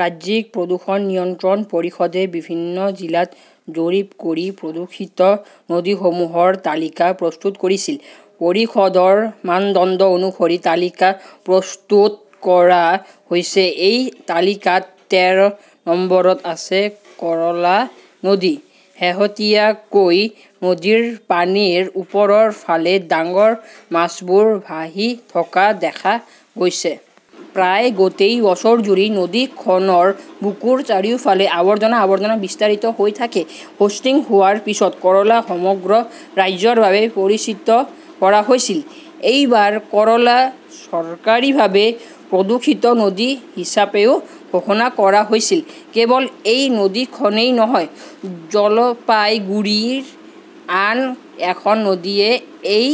ৰাজ্যিক প্ৰদূষণ নিয়ন্ত্ৰণ পৰিষদে বিভিন্ন জিলাত জৰীপ কৰি প্ৰদূষিত নদীসমূহৰ তালিকা প্ৰস্তুত কৰিছিল। পৰিষদৰ মানদণ্ড অনুসৰি তালিকা প্ৰস্তুত কৰা হৈছে। এই তালিকাত তেৰ নম্বৰত আছে কৰলা নদী। শেহতীয়াকৈ নদীৰ পানীৰ ওপৰৰ ফালে ডাঙৰ মাছবোৰ ভাহি থকা দেখা গৈছে। প্ৰায় গোটেই বছৰজুৰি নদীখনৰ বুকুৰ চাৰিওফালে আবৰ্জনা-আবৰ্জনা বিস্তাৰিত হৈ থাকে। হোষ্টিং হোৱাৰ পিছত কৰলা সমগ্ৰ ৰাজ্যৰ বাবে পৰিচিত কৰা হৈছিল। এইবাৰ কৰলা চৰকাৰীভাৱে প্ৰদূষিত নদী হিচাপেও ঘোষণা কৰা হৈছিল। কেৱল এই নদীখনেই নহয়, জলপাইগুড়িৰ আন এখন নদীয়ে এই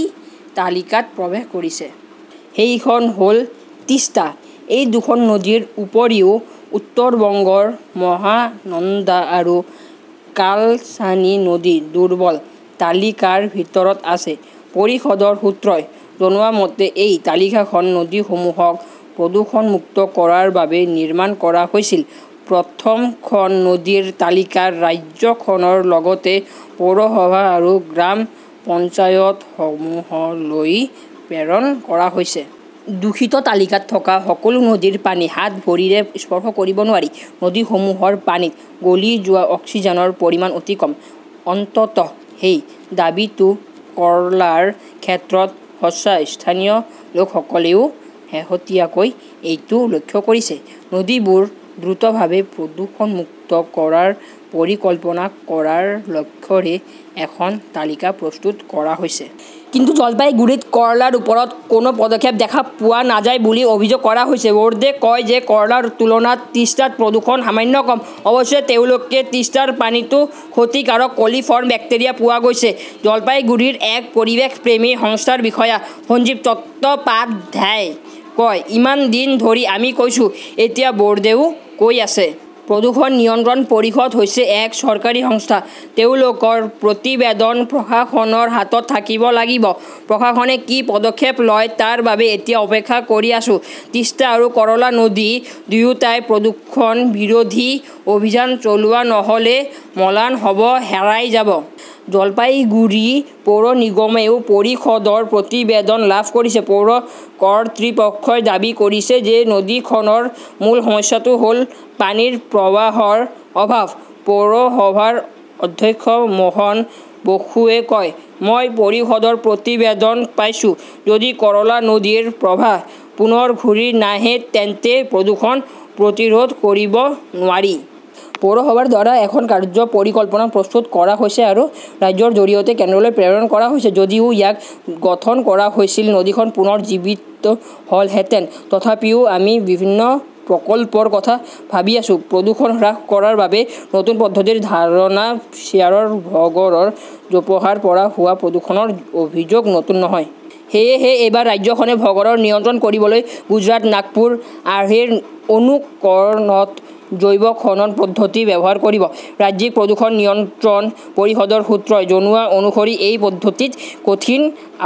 তালিকাত প্ৰৱেশ কৰিছে। সেইখন হ'ল তিষ্টা। এই দুখন নদীৰ উপৰিও উত্তৰ বংগৰ মহানন্দা আৰু কালচানি নদী দুৰ্বল তালিকাৰ ভিতৰত আছে। পৰিষদৰ সূত্ৰই জনোৱা মতে, এই তালিকাখন নদীসমূহক প্ৰদূষণমুক্ত কৰাৰ বাবে নিৰ্মাণ কৰা হৈছিল। প্ৰথম খন নদীৰ তালিকা ৰাজ্যখনৰ লগতে পৌৰসভা আৰু গ্ৰাম পঞ্চায়তসমূহলৈ প্ৰেৰণ কৰা হৈছে। দূষিত তালিকাত থকা সকলো নদীৰ পানী হাত-ভৰিৰে স্পৰ্শ কৰিব নোৱাৰি। নদীসমূহৰ পানীত গলি যোৱা অক্সিজেনৰ পৰিমাণ অতি কম। অন্ততঃ সেই দাবীটো কৰ্লাৰ ক্ষেত্ৰত সঁচা, স্থানীয় লোকসকলেও শেহতীয়াকৈ এইটো লক্ষ্য কৰিছে। নদীবোৰ দ্ৰুতভাৱে প্ৰদূষণমুক্ত কৰাৰ পৰিকল্পনা কৰাৰ লক্ষ্যৰে এখন তালিকা প্ৰস্তুত কৰা হৈছে। কিন্তু জলপাইগুড়িত কৰলাৰ ওপৰত কোনো পদক্ষেপ দেখা পোৱা নাযায় বুলি অভিযোগ কৰা হৈছে। ব'ৰ্ডে কয় যে কৰ্লাৰ তুলনাত টিষ্টাত প্ৰদূষণ সামান্য কম। অৱশ্যে তেওঁলোকে টিষ্টাৰ পানীতও ক্ষতিকাৰক কলিফৰ্ম বেক্টেৰিয়া পোৱা গৈছে। জলপাইগুড়িৰ এক পৰিৱেশপ্ৰেমী সংস্থাৰ বিষয়া সঞ্জীৱ চট্টোপাধ্যায়ই কয়, 'ইমান দিন ধৰি আমি কৈছো, এতিয়া বোৰ্ডেও কৈ আছে। প্ৰদূষণ নিয়ন্ত্ৰণ পৰিষদ হৈছে এক চৰকাৰী সংস্থা। তেওঁলোকৰ প্ৰতিবেদন প্ৰশাসনৰ হাতত থাকিব লাগিব। প্ৰশাসনে কি পদক্ষেপ লয় তাৰ বাবে এতিয়া অপেক্ষা কৰি আছো। টিষ্টা আৰু কৰলা নদী দুয়োটাই প্ৰদূষণ বিৰোধী অভিযান চলোৱা নহ'লে ম্লান হ'ব, হেৰাই যাব। 'জলপাইগুৰি পৌৰ নিগমেও পৰিষদৰ প্ৰতিবেদন লাভ কৰিছে। পৌৰ কৰ্তৃপক্ষই দাবী কৰিছে যে নদীখনৰ মূল সমস্যাটো হ'ল পানীৰ প্ৰৱাহৰ অভাৱ। পৌৰসভাৰ অধ্যক্ষ মোহন বসুৱে কয়, 'মই পৰিষদৰ প্ৰতিবেদন পাইছো'। যদি কৰলা নদীৰ প্ৰবাহ পুনৰ ঘূৰি নাহে তেন্তে প্ৰদূষণ প্ৰতিৰোধ কৰিব নোৱাৰি। পৌৰসভাৰ দ্বাৰা এখন কাৰ্য্য পৰিকল্পনা প্ৰস্তুত কৰা হৈছে আৰু ৰাজ্যৰ জৰিয়তে কেন্দ্ৰলৈ প্ৰেৰণ কৰা হৈছে। যদিও ইয়াক গঠন কৰা হৈছিল, নদীখন পুনৰ জীৱিত হ'লহেঁতেন। তথাপিও আমি বিভিন্ন প্ৰকল্পৰ কথা ভাবি আছো। প্ৰদূষণ হ্ৰাস কৰাৰ বাবে নতুন পদ্ধতিৰ ধাৰণা শ্বেয়াৰৰ ভগড়ৰ জোপোহাৰ পৰা হোৱা প্ৰদূষণৰ অভিযোগ নতুন নহয়। সেয়েহে এইবাৰ ৰাজ্যখনে ভগড়ৰ নিয়ন্ত্ৰণ কৰিবলৈ গুজৰাট-নাগপুৰ আৰ্হিৰ অনুকৰণত 'জৈৱ-খনন 'পদ্ধতি ব্যৱহাৰ কৰিব। ৰাজ্যিক প্ৰদূষণ নিয়ন্ত্ৰণ পৰিষদৰ সূত্ৰই জনোৱা অনুসৰি এই পদ্ধতিত কঠিন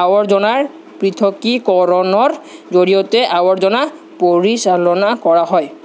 আৱৰ্জনাৰ পৃথকীকৰণৰ জৰিয়তে আৱৰ্জনা পৰিচালনা কৰা হয়।